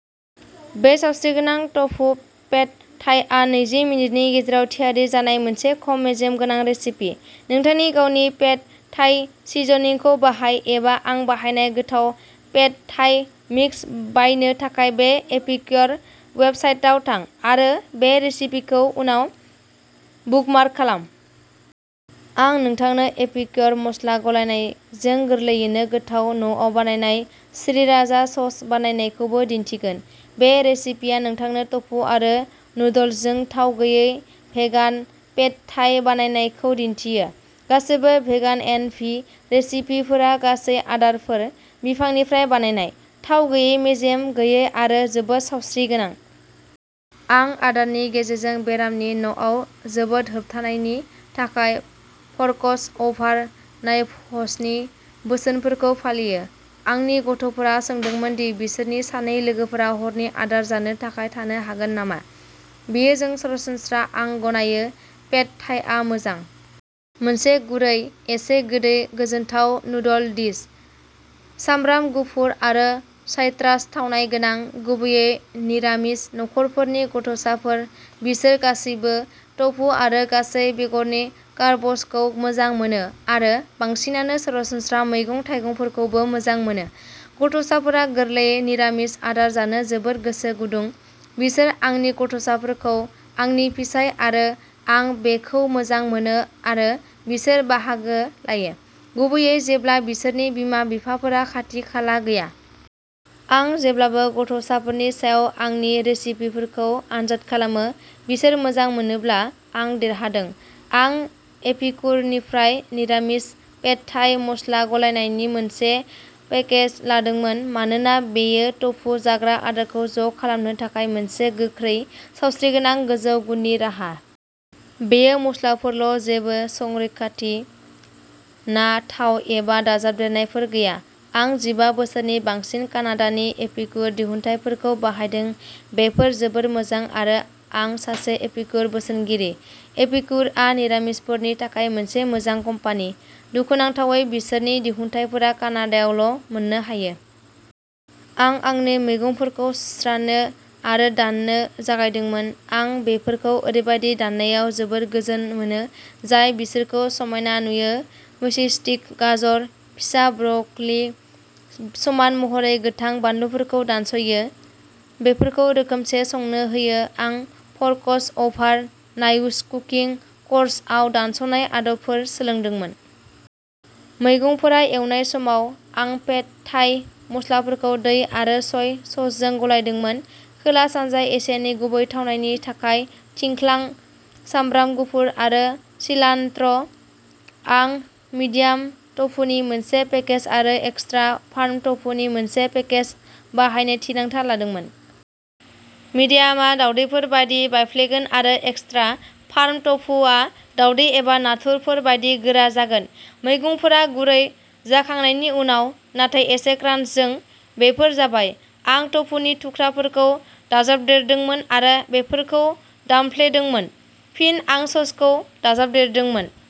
बे सावस्रिगोनां tofu pad थाईआ नैजि मिनिटनि गेजेराव थियारि जानाय मोनसे खम मेजेम गोनां रेसिपि। नोंथांनि गावनि पेड थाई सिज'निंखौ बाहाय, एबा आं बाहायनाय गोथाव पेड थाई मिक्स बायनो थाखाय बे एपिक्य'र वेबसाइटाव थां, आरो बे रेसिपिखौ उनाव बुकमार्क खालाम। आं नोंथांनो एपिक्य'र मस्ला गलायनायजों गोरलैयैनो गोथाव न'आव बानायनाय श्रीराजा सस बानायनायखौबो दिन्थिगोन। बे रेसिपिया नोंथांनो टफु आरो नुडल्सजों थाव गैयै भेगान पेड थाई बानायनायखौ दिन्थियो। गासैबो भेगानएनभि रेसिपिफोरा गासै आदारफोर, बिफांनिफ्राय बानायनाय, थाव गैयै, मेजेम गैयै आरो जोबोद सावस्रिगोनां। आं आदारनि गेजेरजों बेराम नि न'आव जोबोदहोबथानायनि थाखाय फ'र्कस अभार नाइभ्सनि बोसोनफोरखौ फालियो। आंनि गथ'फोरा सोंदोंमोन दि बिसोरनि सानै लोगोफोरा हरनि आदार जानो थाखाय थानो हागोन नामा? बेयो जों सरासनस्रा। आं गनायो, पेड थाईआ मोजां। मोनसे गुरै, एसे गोदै गोजोनथाव नुडल डिश। सामब्राम गुफुर आरो साइट्रास थावनाय गोनां। गुबैयै निरामिस नखरफोरनि गथ'साफोर। बिसोर गासैबो टफु आरो गासै बेगरनि कार्बसखौ मोजां मोनो, आरो बांसिनानो सरासनस्रा मैगं-थाइगंफोरखौबो मोजां मोनो। गथ'साफोरा गोरलै निरामिस आदार जानो जोबोद गोसो गुदुं, बिसोर आंनि गथ'साफोरखौ, आंनि फिसाय आरो आं बेखौ मोजां मोनो, आरो बिसोर बाहागो लायो, गुबैयै जेब्ला बिसोरनि बिमा-बिफाफोरा खाथि-खाला गैया। आं जेब्लाबो गथ'साफोरनि सायाव आंनि रेसिपिफोरखौ आनजाद खालामो। बिसोर मोजां मोनोब्ला, आं देरहादों। आं एपिकुरनिफ्राय निरामिस पेड थाइ मस्ला गलायनायनि मोनसे पेकेज लादोंमोन, मानोना बेयो टफु जाग्रा आदारखौ ज' खालामनो थाखाय मोनसे गोख्रै, सावस्रिगोनां, गोजौ गुननि राहा। बेयो मस्लाफोरल' जेबो संरैखाथि, ना, थाव एबा दाजाबदेरनायफोर गैया। आं जिबा बोसोरनि बांसिन कानाडानि एपिक्युर दिहुनथायफोरखौ बाहायदों बेफोर जोबोद मोजां आरो आं सासे एपिक्युर बोसोनगिरि। एपिक्युरआ निरामिसफोरनि थाखाय मोनसे मोजां कम्पानि। दुखुनांथावै बिसोरनि दिहुनथायफोरा कानाडायावल' मोननो हायो। आं आंनि मैगंफोरखौ सुस्रानो आरो दाननो जागायदोंमोन, आं बेफोरखौ ओरैबायदि दाननायाव जोबोद गोजोन मोनो, जाय बिसोरखौ समायना नुयो। मैचिस्टिक गाजर, फिसा ब्रकलि, समान महरै गोथां बानलुफोरखौ दानस'यो। बेफोरखौ रोखोमसे संनो होयो। आं फ'र्कस अभार नाइव्स कुकिं क'र्सआव दानस'नाय आदबफोर सोलोंदोंमोन। मैगंफोरा एवनाय समाव, आं पेड थाई मस्लाफोरखौ दै आरो सय ससजों गलायदोंमोन। खोला-सानजा एसियानि गुबै थावनायनि थाखाय थिंख्लां, सामब्राम गुफुर आरो सिलान्ट्र'। आं मिडियाम टफुनि मोनसे पेकेज आरो एक्स्ट्रा फार्म टफुनि मोनसे पेकेज बाहायनो थिरांथा लादोंमोन। मिडियामआ दावदैफोर बायदि बायफ्लेगोन आरो एक्स्ट्रा फार्म टफुआ दावदै एबा नाथुरफोर बायदि गोरा जागोन। मैगंफोरा गुरै जाखांनायनि उनाव, नाथाय एसे क्रान्चजों, बेफोर जाबाय। आं टफुनि थुख्राफोरखौ दाजाबदेरदोंमोन आरो बेफोरखौ दामफ्लेदोंमोन। फिन आं ससखौ दाजाबदेरदोंमोन।